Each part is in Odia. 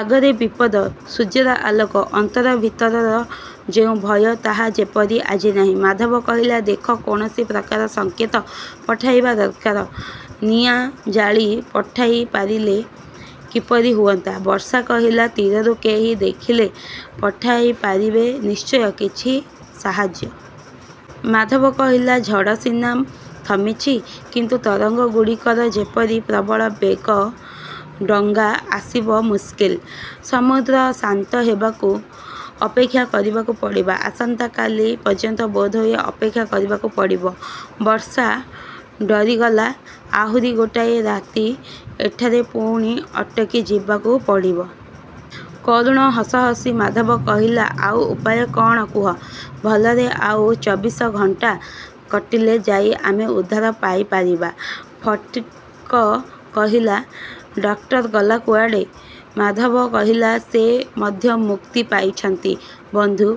ଆଗରେ ବିପଦ। ସୂର୍ଯ୍ୟର ଆଲୋକ। ଅନ୍ତର ଭିତରର ଯେଉଁ ଭୟ ତାହା ଯେପରି ଆଜି ନାହିଁ। ମାଧବ କହିଲା, ଦେଖ, କୌଣସି ପ୍ରକାର ସଂକେତ ପଠାଇବା ଦରକାର। ନିଆଁ ଜାଳି ପଠାଇପାରିଲେ କିପରି ହୁଅନ୍ତା? ବର୍ଷା କହିଲା, ତୀରରୁ କେହି ଦେଖିଲେ ପଠାଇପାରିବେ ନିଶ୍ଚୟ କିଛି ସାହାଯ୍ୟ। ମାଧବ କହିଲା, ଝଡ଼ ସିନା ଥମିଛି, କିନ୍ତୁ ତରଙ୍ଗଗୁଡ଼ିକର ଯେପରି ପ୍ରବଳ ବେଗ, ଡଙ୍ଗା ଆସିବା ମୁସ୍କିଲ। ସମୁଦ୍ର ଶାନ୍ତ ହେବାକୁ ଅପେକ୍ଷା କରିବାକୁ ପଡ଼ିବ। ଆସନ୍ତା କାଲି ପର୍ଯ୍ୟନ୍ତ ବୋଧହୁଏ ଅପେକ୍ଷା କରିବାକୁ ପଡ଼ିବ। ବର୍ଷା ଡରିଗଲା। ଆହୁରି ଗୋଟାଏ ରାତି ଏଠାରେ ପୁଣି ଅଟକିଯିବାକୁ ପଡ଼ିବ! କରୁଣ ହସ ହସି ମାଧବ କହିଲା, ଆଉ ଉପାୟ କ'ଣ, କୁହ? ଭଲରେ ଆଉ ଚବିଶ ଘଣ୍ଟା କଟିଲେ ଯାଇ ଆମେ ଉଦ୍ଧାର ପାଇପାରିବା। ଫଟିକ୍ କହିଲା, ଡାକ୍ତର ଗଲା କୁଆଡ଼େ? ମାଧବ କହିଲା, ସେ ମଧ୍ୟ ମୁକ୍ତି ପାଇଛନ୍ତି, ବନ୍ଧୁ!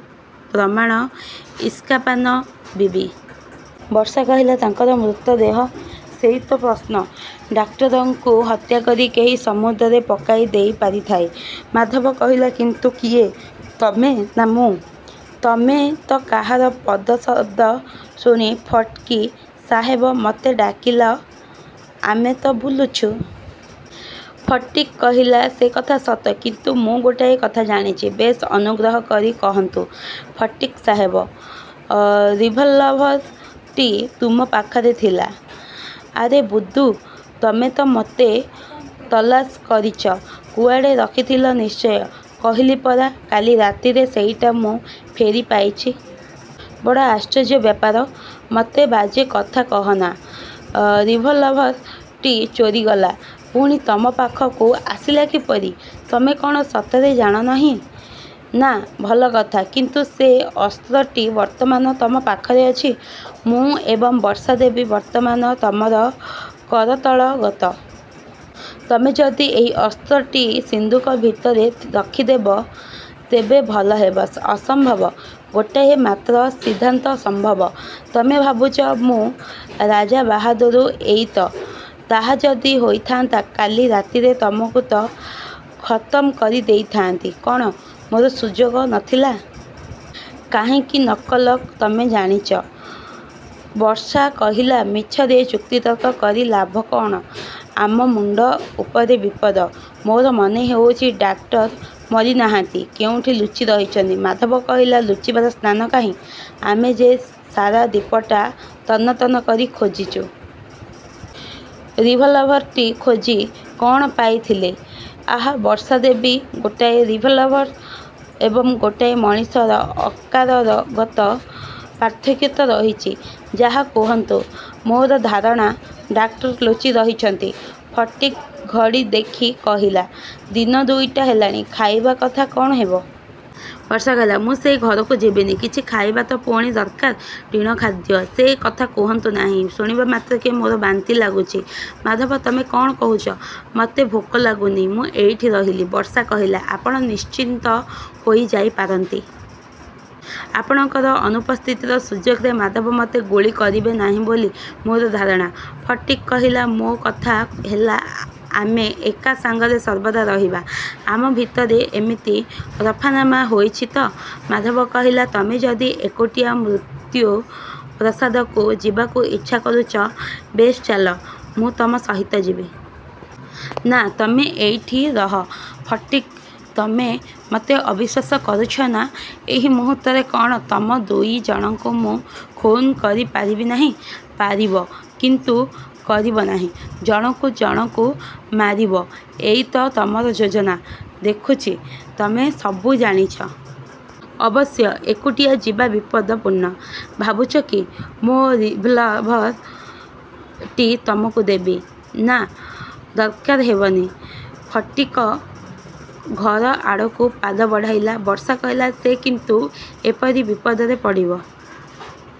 ପ୍ରମାଣ? ଇସ୍କାପାନ ବିବି। ବର୍ଷା କହିଲା, ତାଙ୍କର ମୃତଦେହ? ସେଇ ତ ପ୍ରଶ୍ନ। ଡାକ୍ତରକୁ ହତ୍ୟା କରି କେହି ସମୁଦ୍ରରେ ପକାଇ ଦେଇପାରିଥାଏ। ମାଧବ କହିଲା, କିନ୍ତୁ କିଏ? ତମେ ନା ମୁଁ? ତମେ ତ କାହାର ପଦଶବ୍ଦ ଶୁଣି ଫଟିକ୍ ସାହେବ, ମୋତେ ଡାକିଲ, ଆମେ ତ ବୁଲୁଛୁ। ଫଟିକ୍ କହିଲା, ସେ କଥା ସତ, କିନ୍ତୁ ମୁଁ ଗୋଟାଏ କଥା ଜାଣିଛି। ବେଶ୍, ଅନୁଗ୍ରହ କରି କହନ୍ତୁ ଫଟିକ୍ ସାହେବ! ଅଁ ରିଭଲଭର ଟି ତମ ପାଖରେ ଥିଲା। ଆରେ ବୁଦ୍ଧୁ, ତମେ ତ ମୋତେ ତଲାସ କରିଛ? କୁଆଡ଼େ ରଖିଥିଲ ନିଶ୍ଚୟ। କହିଲି ପରା କାଲି ରାତିରେ ସେଇଟା ମୁଁ ଫେରିପାଇଛି। ବଡ଼ ଆଶ୍ଚର୍ଯ୍ୟ ବ୍ୟାପାର। ମୋତେ ବାଜେ କଥା କହନା। ଆଁ ରିଭଲଭର ଟି ଚୋରିଗଲା, ପୁଣି ତମ ପାଖକୁ ଆସିଲା କିପରି? ତମେ କ'ଣ ସତରେ ଜାଣନାହିଁ? ନା। ଭଲ କଥା। କିନ୍ତୁ ସେ ଅସ୍ତ୍ରଟି ବର୍ତ୍ତମାନ ତମ ପାଖରେ ଅଛି। ମୁଁ ଏବଂ ବର୍ଷା ଦେବୀ ବର୍ତ୍ତମାନ ତମର କରତଳଗତ। ତମେ ଯଦି ଏହି ଅସ୍ତ୍ରଟି ସିନ୍ଦୁକ ଭିତରେ ରଖିଦେବ ତେବେ ଭଲ ହେବ। ଅସମ୍ଭବ। ଗୋଟିଏ ମାତ୍ର ସିଦ୍ଧାନ୍ତ ସମ୍ଭବ। ତମେ ଭାବୁଛ ମୁଁ ରାଜାବାହାଦୁର, ଏଇ ତ? ତାହା ଯଦି ହୋଇଥାନ୍ତା କାଲି ରାତିରେ ତମକୁ ତ ଖତମ କରିଦେଇଥାନ୍ତି। କ'ଣ ମୋର ସୁଯୋଗ ନ ଥିଲା? କାହିଁକି ନ କଲ ତମେ ଜାଣିଛ। ବର୍ଷା କହିଲା, ମିଛରେ ଯୁକ୍ତିତର୍କ କରି ଲାଭ କ'ଣ! ଆମ ମୁଣ୍ଡ ଉପରେ ବିପଦ। ମୋର ମନେହେଉଛି ଡାକ୍ତର ମରିନାହାନ୍ତି, କେଉଁଠି ଲୁଚି ରହିଛନ୍ତି। ମାଧବ କହିଲା, ଲୁଚିବାର ସ୍ଥାନ କାହିଁ? ଆମେ ଯେ ସାରା ଦ୍ୱୀପଟା ତନ୍ନ ତନ୍ନ କରି ଖୋଜିଛୁ। ରିଭଲଭର ଟି ଖୋଜି କ'ଣ ପାଇଥିଲେ? ଆହା ବର୍ଷା ଦେବୀ, ଗୋଟାଏ ରିଭଲଭର ଏବଂ ଗୋଟାଏ ମଣିଷର ଅକାରରଗତ ପାର୍ଥକ୍ୟ ତ ରହିଛି! ଯାହା କୁହନ୍ତୁ, ମୋର ଧାରଣା, ଡାକ୍ତର ଲୁଚିରହିଛନ୍ତି। ଫଟିକ୍ ଘଡ଼ି ଦେଖି କହିଲା, ଦିନ ଦୁଇଟା ହେଲାଣି। ଖାଇବା କଥା କ'ଣ ହେବ? ବର୍ଷା କହିଲା, ମୁଁ ସେ ଘରକୁ ଯିବିନି। କିଛି ଖାଇବା ତ ପୁଣି ଦରକାର? ଟିଣ ଖାଦ୍ୟ। ସେ କଥା କହନ୍ତୁ ନାହିଁ, ଶୁଣିବାମାତ୍ରକେ ମୋତେ ବାନ୍ତି ଲାଗୁଛି। ମାଧବ, ତମେ କ'ଣ କହୁଛ? ମୋତେ ଭୋକ ଲାଗୁନି, ମୁଁ ଏଇଠି ରହିଲି! ବର୍ଷା କହିଲା, ଆପଣ ନିଶ୍ଚିନ୍ତ ହୋଇ ଯାଇପାରନ୍ତି। ଆପଣଙ୍କର ଅନୁପସ୍ଥିତିର ସୁଯୋଗରେ ମାଧବ ମୋତେ ଗୁଳି କରିବେ ନାହିଁ ବୋଲି ମୋର ଧାରଣା। ଫଟିକ୍ କହିଲା, ମୋ କଥା ହେଲା, ଆମେ ଏକା ସାଙ୍ଗରେ ସର୍ବଦା ରହିବା, ଆମ ଭିତରେ ଏମିତି ରଫାନାମା ହୋଇଛି ତ! ମାଧବ କହିଲା, ତମେ ଯଦି ଏକୁଟିଆ ମୃତ୍ୟୁପ୍ରାସାଦକୁ ଯିବାକୁ ଇଚ୍ଛା କରୁଛ, ବେଶ୍ ଚାଲ, ମୁଁ ତମ ସହିତ ଯିବି। ନା, ତମେ ଏଇଠି ରହ। ଫଟିକ୍, ତମେ ମୋତେ ଅବିଶ୍ଵାସ କରୁଛ, ନା? ଏହି ମୁହୂର୍ତ୍ତରେ କ'ଣ ତମ ଦୁଇ ଜଣଙ୍କୁ ମୁଁ ଖୁନ୍ କରିପାରିବି ନାହିଁ? ପାରିବ, କିନ୍ତୁ କରିବ ନାହିଁ। ଜଣକୁ ଜଣକୁ ମାରିବ, ଏଇ ତ ତମର ଯୋଜନା। ଦେଖୁଛି, ତମେ ସବୁ ଜାଣିଛ। ଅବଶ୍ୟ ଏକୁଟିଆ ଯିବା ବିପଦପୂର୍ଣ୍ଣ। ଭାବୁଛ କି, ମୋ ରିଭଲଭର ଟି ତମକୁ ଦେବି? ନା, ଦରକାର ହେବନି। ଫଟିକ୍ ଘର ଆଡ଼କୁ ପାଦ ବଢ଼ାଇଲା। ବର୍ଷା କହିଲା, ସେ କିନ୍ତୁ ଏପରି ବିପଦରେ ପଡ଼ିବ।